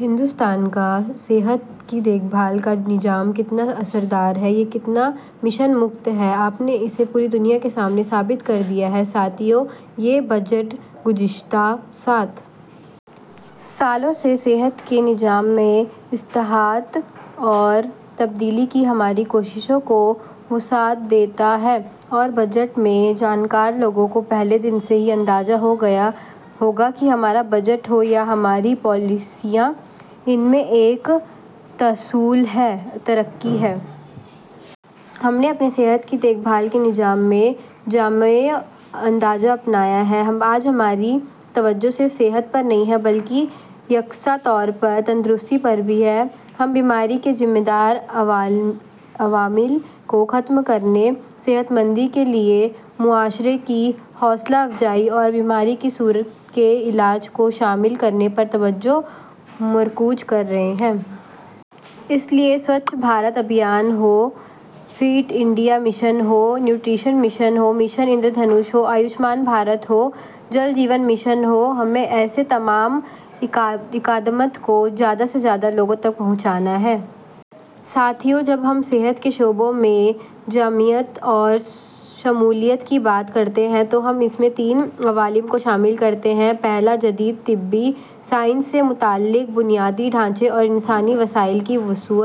ہندوستان کا صحت کی دیکھ بھال کا نظام کتنا مؤثر ہے، یہ کتنا مشن پر مبنی ہے، آپ نے اسے پوری دنیا کے سامنے ثابت کر دیا ہے۔ ساتھیوں، یہ بجٹ گزشتہ سات سالوں سے صحت کے نظام میں اصلاحات اور تبدیلی کی ہماری کوششوں کو وسعت دیتا ہے اور بجٹ کے جاننے والے لوگوں کو پہلے دن سے ہی اندازہ ہو گیا ہوگا کہ ہمارا بجٹ ہو یا ہماری پالیسیاں، ان میں ایک تسلسل ہے اور ترقی ہے۔ ہم نے اپنے صحت کی دیکھ بھال کے نظام میں ایک جامع انداز اپنایا ہے۔ آج ہماری توجہ نہ صرف صحت پر ہے بلکہ یکساں طور پر تندرستی پر ہے۔ ہم بیماری کے ذمہ دار عوامل کو ختم کرنے، صحت مندی کے لیے معاشرے کی حوصلہ افزائی اور بیماری کی صورت میں علاج کو شامل کرنے پر توجہ مرکوز کر رہے ہیں۔ اس لیے سوچھ بھارت ابھیان ہو، فٹ انڈیا مشن ہو، نیوٹریشن مشن ہو، مشن اندرا دھنش ہو، آیوشمان بھارت ہو، جل جیون مشن ہو، ہمیں ایسے تمام اقدامات کو زیادہ سے زیادہ لوگوں تک پہنچانا ہے۔ ساتھیوں، جب ہم صحت کے شعبے میں جامعیت اور شمولیت کی بات کرتے ہیں تو ہم اس میں تین عوامل کو شامل کرتے ہیں۔ پہلا، جدید طبی سائنس سے متعلق بنیادی ڈھانچے اور انسانی وسائل کی توسیع۔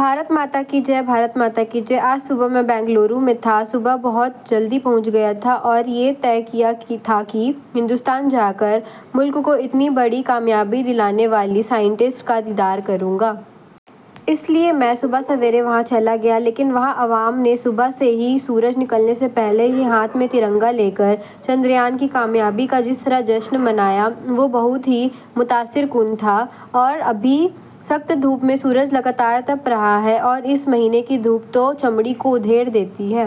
بھارت ماتا کی جے! بھارت ماتا کی جے! آج صبح میں بنگلورو میں تھا، صبح بہت جلدی پہنچا تھا اور یہ طے کیا تھا کہ ہندوستان جاکر ملک کو اتنی بڑی کامیابی دلانے والے سائنسدانوں کا دیدار کروں گا۔ اس لیے میں صبح سویرے وہاں چلا گیا، لیکن وہاں عوام نے صبح سے ہی، سورج نکلنے سے پہلے ہی ہاتھ میں ترنگا لے کر چندریان کی کامیابی کا جس طرح جشن منایا، وہ بہت ہی متاثر کن تھا اور ابھی سخت دھوپ میں سورج مسلسل تپ رہا ہے اور اس مہینے کی دھوپ تو چمڑی کو ادھیڑ دیتی ہے۔